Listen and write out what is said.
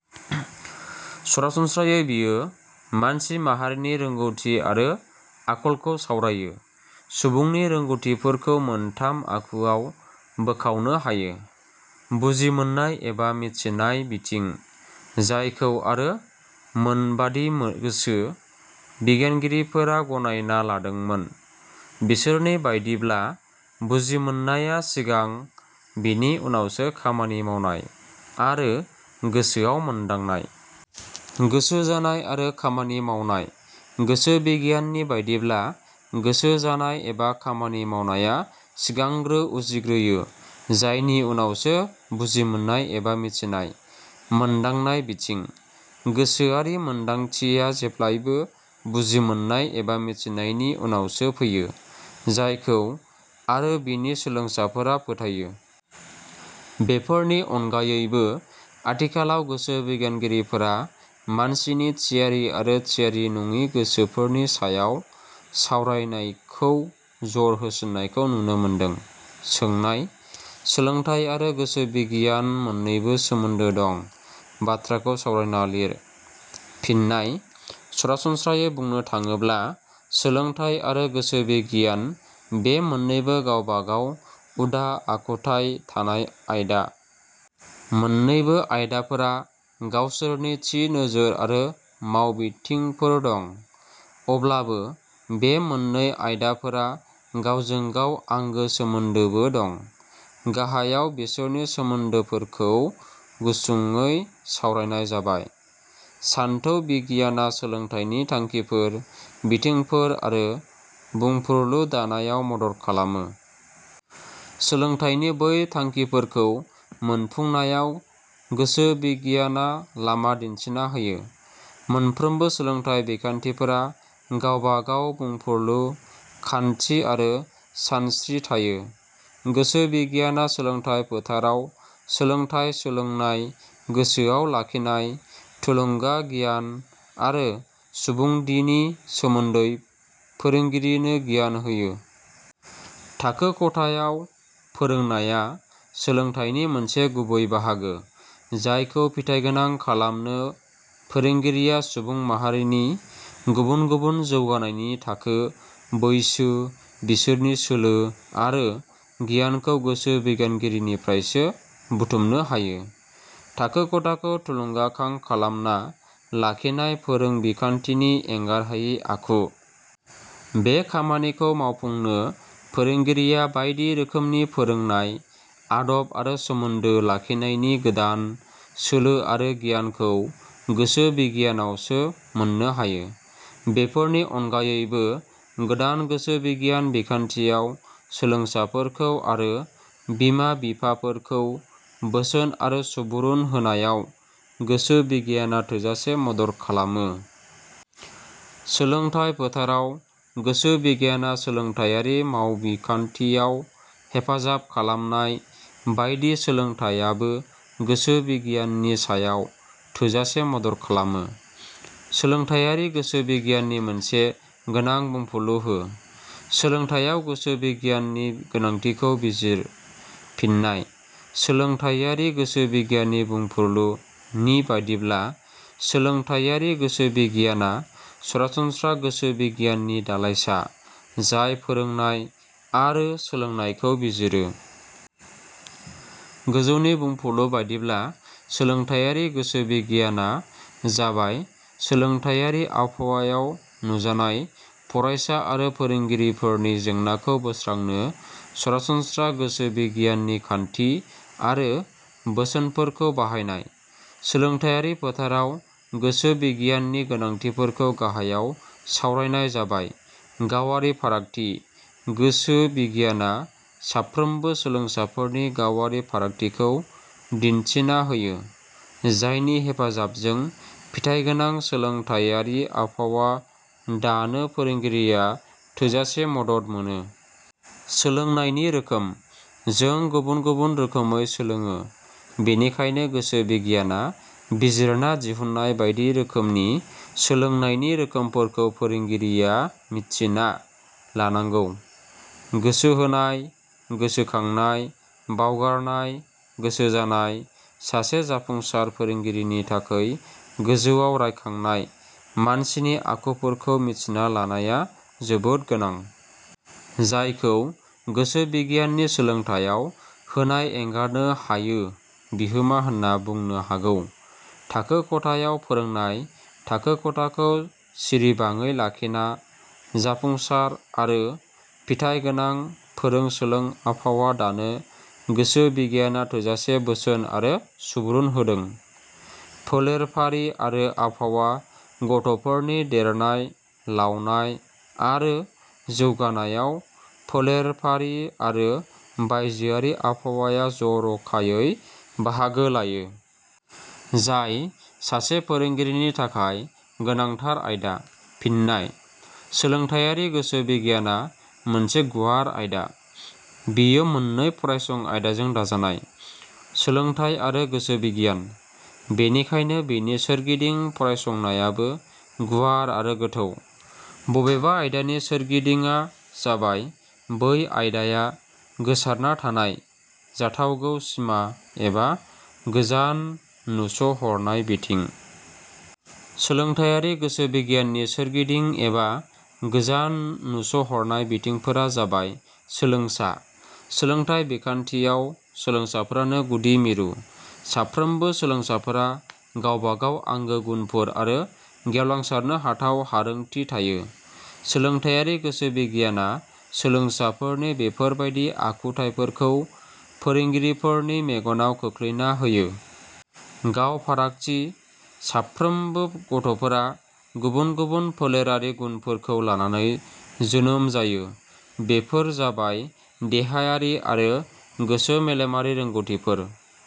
सरासनस्रायै बेयो मानसि माहारिनि रोंगौथि आरो आखलखौ सावरायो। सुबुंनि रोंगौथिफोरखौ मोनथाम आखुआव बोखावनो हायो। बुजिमोन्नाय एबा मिथिनाय बिथिं। जायखौ आरो मोनबादि गोसो बिगियानगिरिफोरा गनायना लादोंमोन। बिसोरनि बायदिब्ला बुजिमोन्नाया सिगां बेनि उनावसो खामानि मावनाय आरो गोसोआव मोन्दांनाय। गोसो जानाय आरो खामानि मावनाय। गोसो बिगियान नि बादिब्ला गोसो जानाय एबा खामानि मावनाया सिगांग्रो उजिग्रोयो जायनि उनावसो बुजिमोन्नाय एबा मिथिनाय। मोन्दांनाय बिथिं। गोसोआरि मोन्दांथिया जेब्लायबो बुजिमोन्नाय एबा मिथिनायनि उनावसो फैयो। जायखौ आरो बिनि सोलोंसाफोरा फोथायो। बेफोरनि अनगायैबो आथिखालाव गोसो बिगियानगिरिफोरा मानसिनि थियारि आरो थियारि नङि गोसोफोरनि सायाव सावरायनायखौ जर होसिननायखौ नुनो मोन्दों। सोंनाय-. सोलोंथाइ आरो गोसो बिगियान मोननैबो सोमोन्दो दं। बाथ्राखौ सावरायना लिर? फिननाय: सरासनस्रायै बुंनो थाङोब्ला सोलोंथाइ आरो गोसो बिगियान बे मोन्नैबो गावबा गाव उदा आखुथाइ थानाय आयदा। मोन्नैबो आयदाफोरा गावसोरनि थि नोजोर आरो मावबिथिंफोर दं। अब्लाबो बे मोननै आयदाफोरा गावजों गाव आंगो सोमोन्दोबो दं। गाहायाव बेसोरनि सोमोन्दोफोरखौ गुसुङै सावरायनाय जाबाय।. सानथौ बिगियाना सोलोंथाइनि थांखिफोर, बिथांखिफोर आरो बुंफुरलु दानायाव मदद खालामो। सोलोंथाइनि बै थांखिफोरखौ मोनफुंनायाव गोसो बिगियाना लामा दिन्थिना होयो।. मोनफ्रोमबो सोलोंथाइ बिखान्थिफोरा गावबा गाव बुंफुरलु, खान्थि आरो सानस्त्रि थायो। गोसो बिगियाना सोलोंथाइ फोथाराव सोलोंथाइ सोलोंनाय, गोसोआव लाखिनाय, थुलुंगा, गियान आरो सुबुंधिनि सोमोन्दै फोरोंगिरिनो गियान होयो।. थाखो खथायाव फोरोंनाया सोलोंथाइनि मोनसे गुबै बाहागो। जायखौ फिथाइगोनां खालामनो फोरोंगिरिया सुबुं माहारिनि गुबुन गुबुन जौगानायनि थाखो, बैसो, बिसोरनि सोलो आरो गियानखौ गोसो बिगियाननिफ्रायसो बुथुमनो हायो।. थाखो खथाखौ थुलुंगाखां खालामना लाखिनाय फोरोंबिखान्थिनि एंगारहायि आखु। बे खामानिखौ मावफुंनो फोरोंगिरिया बायदि। रोखोमनि फोरोंनाय आदब आरो सोमोन्दो लाखिनायनि गोदान सोलो आरो गियानखौ गोसो बिगियानावसो मोननो हायो। बेफोरनि अनगायैबो गोदान गोसो बिगियान बिखान्थियाव सोलोंसाफोरखौ आरो बिमा बिफाफोरखौ बोसोन आरो सुबुरुन होनायाव गोसो बिगियाना थोजासे मदद खालामो। सोलोंथाइ फोथाराव गोसो बिगियाना सोलोंथाइयारि मावबिखान्थियाव हेफाजाब खालामनाय बायदि सोलोंथाइयाबो गोसो बिगियाननि सायाव थोजासे मदद खालामो। सोलोंथाइयारि गोसो बिगियाननि मोनसे गोनां बुंफुरलु हो? सोलोंथाइयाव गोसो बिगियाननि गोनांथिखौ बिजिर। फिननाय: सोलोंथाइयारि गोसो बिगियाननि बुंफुरलु – नि बादिब्ला 'सोलोंथाइयारि गोसो बिगियाना सरासनस्रा गोसो बिगियाननि दालाइसा जाय फोरोंनाय आरो सोलोंनायखौ बिजिरो। " गोजौनि बुंफुरलु बादिब्ला सोलोंथाइयारि गोसो बिगियाना जाबाय सोलोंथाइयारि आबहायाव नुजानाय फरायसा आरो फोरोंगिरिफोरनि जेंनाखौ बोस्रांनो सरासनस्रा गोसो बिगियाननि खान्थि आरो बोसोनफोरखौ बाहायनाय। सोलोंथाइयारि फोथाराव गोसो बिगियाननि गोनांथिफोरखौ गाहायाव सावरायनाय जाबाय। गावारि फारागथि: गोसो बिगियाना साफ्रोमबो सोलोंसाफोरनि गावारि फारागथिखौ दिन्थिना होयो जायनि हेफाजाबजों फिथाइगोनां सोलोंथाइयारि आबहावा दानो फोरोंगिरिया थोजासे मदद मोनो। सोलोंनायनि रोखोम: जों गुबुन गुबुन रोखोमै सोलोडो। बेनिखायनो गोसो बिगियाना बिजिरना दिहुन्नाय बायदि रोखोमनि सोलोंनायनि रोखोमफोरखौ फोरोंगिया मिथिना लानांगौ। गोसोहोनाय, गोसोखांनाय, बावगारनाय, गोसो जानाय: सासे जाफुंसार फोरोंगिरिनि थाखै गोजौआव रायखांनाय मानसिनि आखुथाइफोरखौ मिथिना लानाया जोबोद गोनां। जायखौ गोसो बिगियाननि सोलोंथाइयाव होनाय एंगारनो हायो बिहोमा होन्ना बुंनो हागौ।.थाखो खथायाव फोरोंनाय: थाखो खथाखौ सिरिबाङै लाखिना जाफुंसार आरो फिथाय गोनां फोरों-सोलों आबहावा दानो गोसो बिगियाना थोजासे बोसोन आरो सुबुरुन होदों। फोलेरफारि आरो आबहावा: गथ 'फोरनि देरनाय लावनाय आरो जौगानायाव फोलेरफारि आरो बायजोआरि आबहावाया जर 'खायै बाहागो लायो। जाय सासे फोरोंगिरिनि थाखाय गोनांथार आयदा। फिननाय: सोलोंथाइयारि गोसो बिगियाना मोनसे गुवार आयदा। बेयो मोन्नै फरायसं आयदाजों दाजानाय, सोलोंथाइ आरो गोसो बिगियान। बेनिखायनो बेनि सोरगिदिं फरायसंनायाबो गुवार आरो गोथौ। बबेबा आयदानि सोरगिदिडा जाबाय बै आयदाया गोसारना थानाय जाथावगौ सिमा एबा गोजान नुस हरनाय बिथिं। सोलोंथाइयारि गोसो बिगियाननि सोरगिदिं एबा गोजान नुस'हरनाय बिथिंफोरा जाबाय – सोलोंसा: सोलोंथाइ बिखान्थियाव सोलोंसाफोरानो गुदि मिरु। साफ्रोमबो सोलोंसाफोरा गावबा गाव आंगो गुनफोर आरो गेवलांसारनो हाथाव हारोंथि थायो। सोलोंथाइयारि गोसो बिगियाना सोलोंसाफोरनि बेफोरबादि आखुथाइफोरखौ फोरोंगिरिफोरनि मेगनाव खोख्लैना होयो। गाव फारागाथि: साफ्रोमबो गथ'फोरा गुबुन गुबुन फोलेरारि गुनफोरखौ लानानै जोनोम जायो। बेफोर जाबाय देहायारि आरो गोसो-मेलेमारि रोंगौथिफोर।